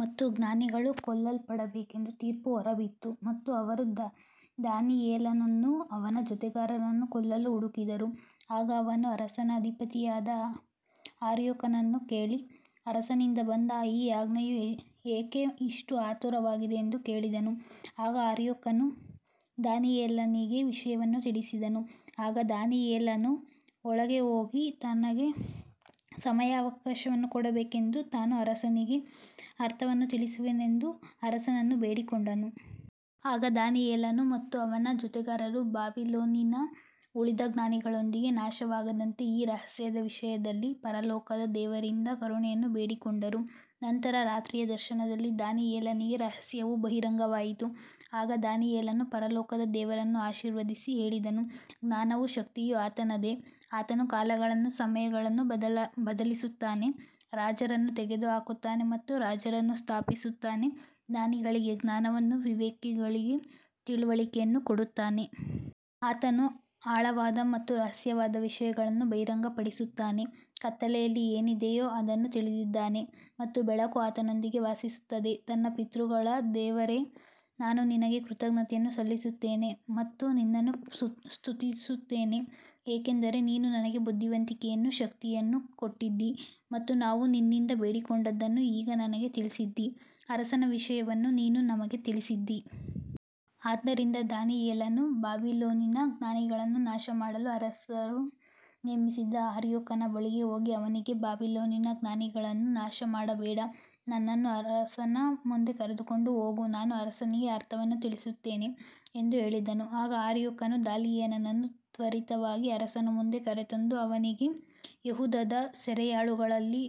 ಮತ್ತು ಜ್ಞಾನಿಗಳು ಕೊಲ್ಲಲ್ಪಡಬೇಕೆಂದು ತೀರ್ಪು ಹೊರಬಿತ್ತು ಮತ್ತು ಅವರು ದಾನಿಯೇಲನನ್ನೂ ಅವನ ಜೊತೆಗಾರರನ್ನೂ ಕೊಲ್ಲಲು ಹುಡುಕಿದರು. ಆಗ ಅವನು ಅರಸನ ಅಧಿಪತಿಯಾದ ಅರ್ಯೋಕನನ್ನು ಕೇಳಿ, ಅರಸನಿಂದ ಬಂದ ಈ ಆಜ್ಞೆಯು ಏಕೆ ಇಷ್ಟು ಆತುರವಾಗಿದೆ ಎಂದು ಕೇಳಿದನು. ಆಗ ಅರ್ಯೋಕನು ದಾನಿಯೇಲನಿಗೆ ವಿಷಯವನ್ನು ತಿಳಿಸಿದನು. ಆಗ ದಾನಿಯೇಲನು ಒಳಗೆ ಹೋಗಿ, ತನಗೆ ಸಮಯಾವಕಾಶವನ್ನು ಕೊಡಬೇಕೆಂದೂ ತಾನು ಅರಸನಿಗೆ ಅರ್ಥವನ್ನು ತಿಳಿಸುವೆನೆಂದೂ ಅರಸನನ್ನು ಬೇಡಿಕೊಂಡನು. ಆಗ ದಾನಿಯೇಲನು ಮತ್ತು ಅವನ ಜೊತೆಗಾರರು ಬಾಬಿಲೋನಿನ ಉಳಿದ ಜ್ಞಾನಿಗಳೊಂದಿಗೆ ನಾಶವಾಗದಂತೆ ಈ ರಹಸ್ಯದ ವಿಷಯದಲ್ಲಿ ಪರಲೋಕದ ದೇವರಿಂದ ಕರುಣೆಯನ್ನು ಬೇಡಿಕೊಂಡರು. ನಂತರ ರಾತ್ರಿಯ ದರ್ಶನದಲ್ಲಿ ದಾನಿಯೇಲನಿಗೆ ರಹಸ್ಯವು ಬಹಿರಂಗವಾಯಿತು. ಆಗ ದಾನಿಯೇಲನು ಪರಲೋಕದ ದೇವರನ್ನು ಆಶೀರ್ವದಿಸಿ ಹೇಳಿದನು, ಜ್ಞಾನವೂ ಶಕ್ತಿಯೂ ಆತನದೇ, ಆತನು ಕಾಲಗಳನ್ನೂ ಸಮಯಗಳನ್ನೂ ಬದಲಿಸುತ್ತಾನೆ, ರಾಜರನ್ನು ತೆಗೆದುಹಾಕುತ್ತಾನೆ ಮತ್ತು ರಾಜರನ್ನು ಸ್ಥಾಪಿಸುತ್ತಾನೆ, ಜ್ಞಾನಿಗಳಿಗೆ ಜ್ಞಾನವನ್ನೂ ವಿವೇಕಿಗಳಿಗೆ ತಿಳುವಳಿಕೆಯನ್ನೂ ಕೊಡುತ್ತಾನೆ. ಆತನು ಆಳವಾದ ಮತ್ತು ರಹಸ್ಯವಾದ ವಿಷಯಗಳನ್ನು ಬಹಿರಂಗಪಡಿಸುತ್ತಾನೆ, ಕತ್ತಲೆಯಲ್ಲಿ ಏನಿದೆಯೋ ಅದನ್ನು ತಿಳಿದಿದ್ದಾನೆ ಮತ್ತು ಬೆಳಕು ಆತನೊಂದಿಗೆ ವಾಸಿಸುತ್ತದೆ. ನನ್ನ ಪಿತೃಗಳ ದೇವರೇ, ನಾನು ನಿನಗೆ ಕೃತಜ್ಞತೆಯನ್ನು ಸಲ್ಲಿಸುತ್ತೇನೆ ಮತ್ತು ನಿನ್ನನ್ನು ಸ್ತುತಿಸುತ್ತೇನೆ, ಏಕೆಂದರೆ ನೀನು ನನಗೆ ಬುದ್ಧಿವಂತಿಕೆಯನ್ನೂ ಶಕ್ತಿಯನ್ನೂ ಕೊಟ್ಟಿದ್ದೀ ಮತ್ತು ನಾವು ನಿನ್ನಿಂದ ಬೇಡಿಕೊಂಡದ್ದನ್ನು ಈಗ ನನಗೆ ತಿಳಿಸಿದ್ದೀ, ಅರಸನ ವಿಷಯವನ್ನು ನೀನು ನಮಗೆ ತಿಳಿಸಿದ್ದೀ. ಆದ್ದರಿಂದ ದಾನಿಯೇಲನು ಬಾಬಿಲೋನಿನ ಜ್ಞಾನಿಗಳನ್ನು ನಾಶಮಾಡಲು ಅರಸನು ನೇಮಿಸಿದ್ದ ಅರ್ಯೋಕನ ಬಳಿಗೆ ಹೋಗಿ ಅವನಿಗೆ, ಬಾಬಿಲೋನಿನ ಜ್ಞಾನಿಗಳನ್ನು ನಾಶಮಾಡಬೇಡ, ನನ್ನನ್ನು ಅರಸನ ಮುಂದೆ ಕರೆದುಕೊಂಡು ಹೋಗು, ನಾನು ಅರಸನಿಗೆ ಅರ್ಥವನ್ನು ತಿಳಿಸುತ್ತೇನೆ ಎಂದು ಹೇಳಿದನು. ಆಗ ಅರ್ಯೋಕನು ದಾನಿಯೇಲನನ್ನು ತ್ವರಿತವಾಗಿ ಅರಸನ ಮುಂದೆ ಕರೆತಂದು ಅವನಿಗೆ, ಯೆಹೂದದ ಸೆರೆಯಾಳುಗಳಲ್ಲಿ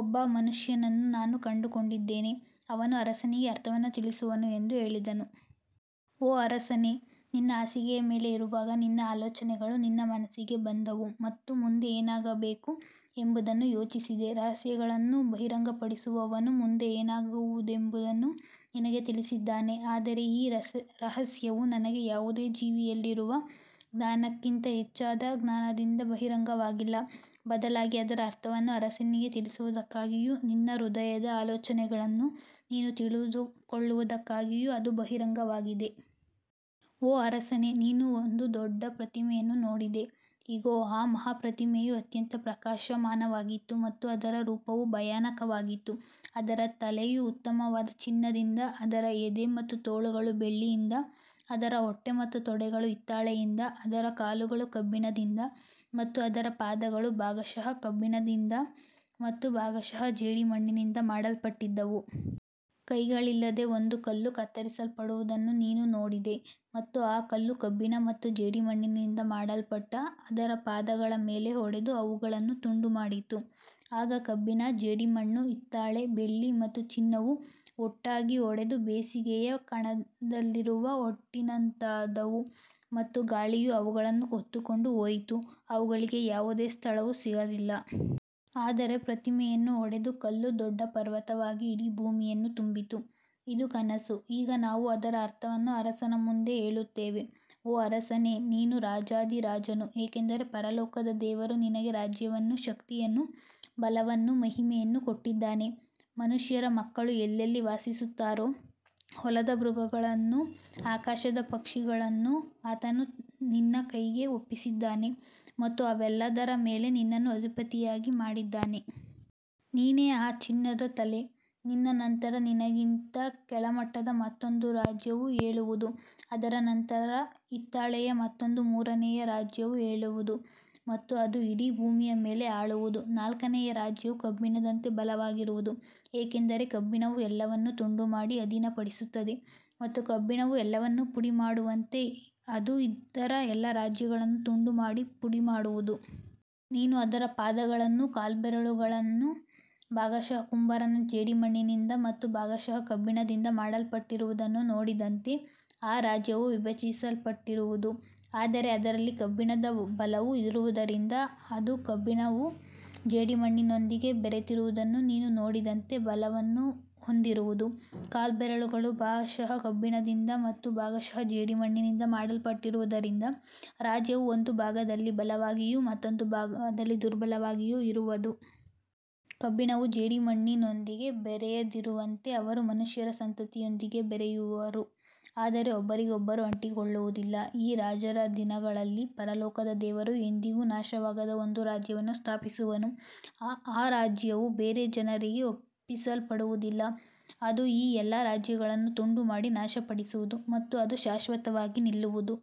ಒಬ್ಬ ಮನುಷ್ಯನನ್ನು ನಾನು ಕಂಡುಕೊಂಡಿದ್ದೇನೆ, ಅವನು ಅರಸನಿಗೆ ಅರ್ಥವನ್ನು ತಿಳಿಸುವನು ಎಂದು ಹೇಳಿದನು. ಓ ಅರಸನೇ, ನಿನ್ನ ಹಾಸಿಗೆಯ ಮೇಲೆ ಇರುವಾಗ ನಿನ್ನ ಆಲೋಚನೆಗಳು ನಿನ್ನ ಮನಸ್ಸಿಗೆ ಬಂದವು ಮತ್ತು ಮುಂದೆ ಏನಾಗಬೇಕು ಎಂಬುದನ್ನು ಯೋಚಿಸಿದೆ. ರಹಸ್ಯಗಳನ್ನು ಬಹಿರಂಗಪಡಿಸುವವನು ಮುಂದೆ ಏನಾಗುವುದೆಂಬುದನ್ನು ನಿನಗೆ ತಿಳಿಸಿದ್ದಾನೆ. ಆದರೆ ಈ ರಹಸ್ಯವು ನನಗೆ ಯಾವುದೇ ಜೀವಿಯಲ್ಲಿರುವ ಜ್ಞಾನಕ್ಕಿಂತ ಹೆಚ್ಚಾದ ಜ್ಞಾನದಿಂದ ಬಹಿರಂಗವಾಗಿಲ್ಲ, ಬದಲಾಗಿ ಅದರ ಅರ್ಥವನ್ನು ಅರಸನಿಗೆ ತಿಳಿಸುವುದಕ್ಕಾಗಿಯೂ ನಿನ್ನ ಹೃದಯದ ಆಲೋಚನೆಗಳನ್ನು ನೀನು ತಿಳಿದುಕೊಳ್ಳುವುದಕ್ಕಾಗಿಯೂ ಅದು ಬಹಿರಂಗವಾಗಿದೆ. ಓ ಅರಸನೇ, ನೀನು ಒಂದು ದೊಡ್ಡ ಪ್ರತಿಮೆಯನ್ನು ನೋಡಿದೆ. ಇಗೋ, ಆ ಮಹಾ ಪ್ರತಿಮೆಯು ಅತ್ಯಂತ ಪ್ರಕಾಶಮಾನವಾಗಿತ್ತು ಮತ್ತು ಅದರ ರೂಪವು ಭಯಾನಕವಾಗಿತ್ತು. ಅದರ ತಲೆಯು ಉತ್ತಮವಾದ ಚಿನ್ನದಿಂದ, ಅದರ ಎದೆ ಮತ್ತು ತೋಳುಗಳು ಬೆಳ್ಳಿಯಿಂದ, ಅದರ ಹೊಟ್ಟೆ ಮತ್ತು ತೊಡೆಗಳು ಹಿತ್ತಾಳೆಯಿಂದ, ಅದರ ಕಾಲುಗಳು ಕಬ್ಬಿಣದಿಂದ ಮತ್ತು ಅದರ ಪಾದಗಳು ಭಾಗಶಃ ಕಬ್ಬಿಣದಿಂದ ಮತ್ತು ಭಾಗಶಃ ಜೇಡಿಮಣ್ಣಿನಿಂದ ಮಾಡಲ್ಪಟ್ಟಿದ್ದವು. ಕೈಗಳಿಲ್ಲದೆ ಒಂದು ಕಲ್ಲು ಕತ್ತರಿಸಲ್ಪಡುವುದನ್ನು ನೀನು ನೋಡಿದೆ ಮತ್ತು ಆ ಕಲ್ಲು ಕಬ್ಬಿಣ ಮತ್ತು ಜೇಡಿಮಣ್ಣಿನಿಂದ ಮಾಡಲ್ಪಟ್ಟ ಅದರ ಪಾದಗಳ ಮೇಲೆ ಹೊಡೆದು ಅವುಗಳನ್ನು ತುಂಡುಮಾಡಿತು. ಆಗ ಕಬ್ಬಿಣ, ಜೇಡಿಮಣ್ಣು, ಹಿತ್ತಾಳೆ, ಬೆಳ್ಳಿ ಮತ್ತು ಚಿನ್ನವು ಒಟ್ಟಾಗಿ ಒಡೆದು ಬೇಸಿಗೆಯ ಕಣದಲ್ಲಿರುವ ಹೊಟ್ಟಿನಂತಾದವು ಮತ್ತು ಗಾಳಿಯು ಅವುಗಳನ್ನು ಹೊತ್ತುಕೊಂಡು ಹೋಯಿತು, ಅವುಗಳಿಗೆ ಯಾವುದೇ ಸ್ಥಳವು ಸಿಗಲಿಲ್ಲ. ಆದರೆ ಪ್ರತಿಮೆಯನ್ನು ಹೊಡೆದ ಕಲ್ಲು ದೊಡ್ಡ ಪರ್ವತವಾಗಿ ಇಡೀ ಭೂಮಿಯನ್ನು ತುಂಬಿತು. ಇದು ಕನಸು. ಈಗ ನಾವು ಅದರ ಅರ್ಥವನ್ನು ಅರಸನ ಮುಂದೆ ಹೇಳುತ್ತೇವೆ. ಓ ಅರಸನೇ, ನೀನು ರಾಜಾಧಿರಾಜನು, ಏಕೆಂದರೆ ಪರಲೋಕದ ದೇವರು ನಿನಗೆ ರಾಜ್ಯವನ್ನೂ ಶಕ್ತಿಯನ್ನೂ ಬಲವನ್ನೂ ಮಹಿಮೆಯನ್ನೂ ಕೊಟ್ಟಿದ್ದಾನೆ. ಮನುಷ್ಯರ ಮಕ್ಕಳು ಎಲ್ಲೆಲ್ಲಿ ವಾಸಿಸುತ್ತಾರೋ, ಹೊಲದ ಮೃಗಗಳನ್ನೂ ಆಕಾಶದ ಪಕ್ಷಿಗಳನ್ನೂ ಆತನು ನಿನ್ನ ಕೈಗೆ ಒಪ್ಪಿಸಿದ್ದಾನೆ ಮತ್ತು ಅವೆಲ್ಲದರ ಮೇಲೆ ನಿನ್ನನ್ನು ಅಧಿಪತಿಯಾಗಿ ಮಾಡಿದ್ದಾನೆ. ನೀನೇ ಆ ಚಿನ್ನದ ತಲೆ. ನಿನ್ನ ನಂತರ ನಿನಗಿಂತ ಕೆಳಮಟ್ಟದ ಮತ್ತೊಂದು ರಾಜ್ಯವು ಏಳುವುದು, ಅದರ ನಂತರ ಹಿತ್ತಾಳೆಯ ಮತ್ತೊಂದು ಮೂರನೆಯ ರಾಜ್ಯವು ಏಳುವುದು ಮತ್ತು ಅದು ಇಡೀ ಭೂಮಿಯ ಮೇಲೆ ಆಳುವುದು. ನಾಲ್ಕನೆಯ ರಾಜ್ಯವು ಕಬ್ಬಿಣದಂತೆ ಬಲವಾಗಿರುವುದು, ಏಕೆಂದರೆ ಕಬ್ಬಿಣವು ಎಲ್ಲವನ್ನೂ ತುಂಡುಮಾಡಿ ಅಧೀನಪಡಿಸುತ್ತದೆ ಮತ್ತು ಕಬ್ಬಿಣವು ಎಲ್ಲವನ್ನೂ ಪುಡಿಮಾಡುವಂತೆ ಅದು ಇತರ ಎಲ್ಲ ರಾಜ್ಯಗಳನ್ನು ತುಂಡುಮಾಡಿ ಪುಡಿಮಾಡುವುದು. ನೀನು ಅದರ ಪಾದಗಳನ್ನೂ ಕಾಲ್ಬೆರಳುಗಳನ್ನೂ ಭಾಗಶಃ ಕುಂಬಾರನ ಜೇಡಿಮಣ್ಣಿನಿಂದ ಮತ್ತು ಭಾಗಶಃ ಕಬ್ಬಿಣದಿಂದ ಮಾಡಲ್ಪಟ್ಟಿರುವುದನ್ನು ನೋಡಿದಂತೆ, ಆ ರಾಜ್ಯವು ವಿಭಜಿಸಲ್ಪಟ್ಟಿರುವುದು. ಆದರೆ ಅದರಲ್ಲಿ ಕಬ್ಬಿಣದ ಬಲವು ಇರುವುದರಿಂದ ಅದು ಕಬ್ಬಿಣವು ಜೇಡಿಮಣ್ಣಿನೊಂದಿಗೆ ಬೆರೆತಿರುವುದನ್ನು ನೀನು ನೋಡಿದಂತೆ ಬಲವನ್ನು ಹೊಂದಿರುವುದು. ಕಾಲ್ಬೆರಳುಗಳು ಭಾಗಶಃ ಕಬ್ಬಿಣದಿಂದ ಮತ್ತು ಭಾಗಶಃ ಜೇಡಿಮಣ್ಣಿನಿಂದ ಮಾಡಲ್ಪಟ್ಟಿರುವುದರಿಂದ ರಾಜ್ಯವು ಒಂದು ಭಾಗದಲ್ಲಿ ಬಲವಾಗಿಯೂ ಮತ್ತೊಂದು ಭಾಗದಲ್ಲಿ ದುರ್ಬಲವಾಗಿಯೂ ಇರುವದು. ಕಬ್ಬಿಣವು ಜೇಡಿಮಣ್ಣಿನೊಂದಿಗೆ ಬೆರೆಯದಿರುವಂತೆ ಅವರು ಮನುಷ್ಯರ ಸಂತತಿಯೊಂದಿಗೆ ಬೆರೆಯುವರು, ಆದರೆ ಒಬ್ಬರಿಗೊಬ್ಬರು ಅಂಟಿಕೊಳ್ಳುವುದಿಲ್ಲ. ಈ ರಾಜರ ದಿನಗಳಲ್ಲಿ ಪರಲೋಕದ ದೇವರು ಎಂದಿಗೂ ನಾಶವಾಗದ ಒಂದು ರಾಜ್ಯವನ್ನು ಸ್ಥಾಪಿಸುವನು. ಆ ರಾಜ್ಯವು ಬೇರೆ ಜನರಿಗೆ ಒಪ್ಪಿಸಲ್ಪಡುವುದಿಲ್ಲ. ಅದು ಈ ಎಲ್ಲಾ ರಾಜ್ಯಗಳನ್ನು ತುಂಡುಮಾಡಿ ನಾಶಪಡಿಸುವುದು ಮತ್ತು ಅದು ಶಾಶ್ವತವಾಗಿ ನಿಲ್ಲುವುದು.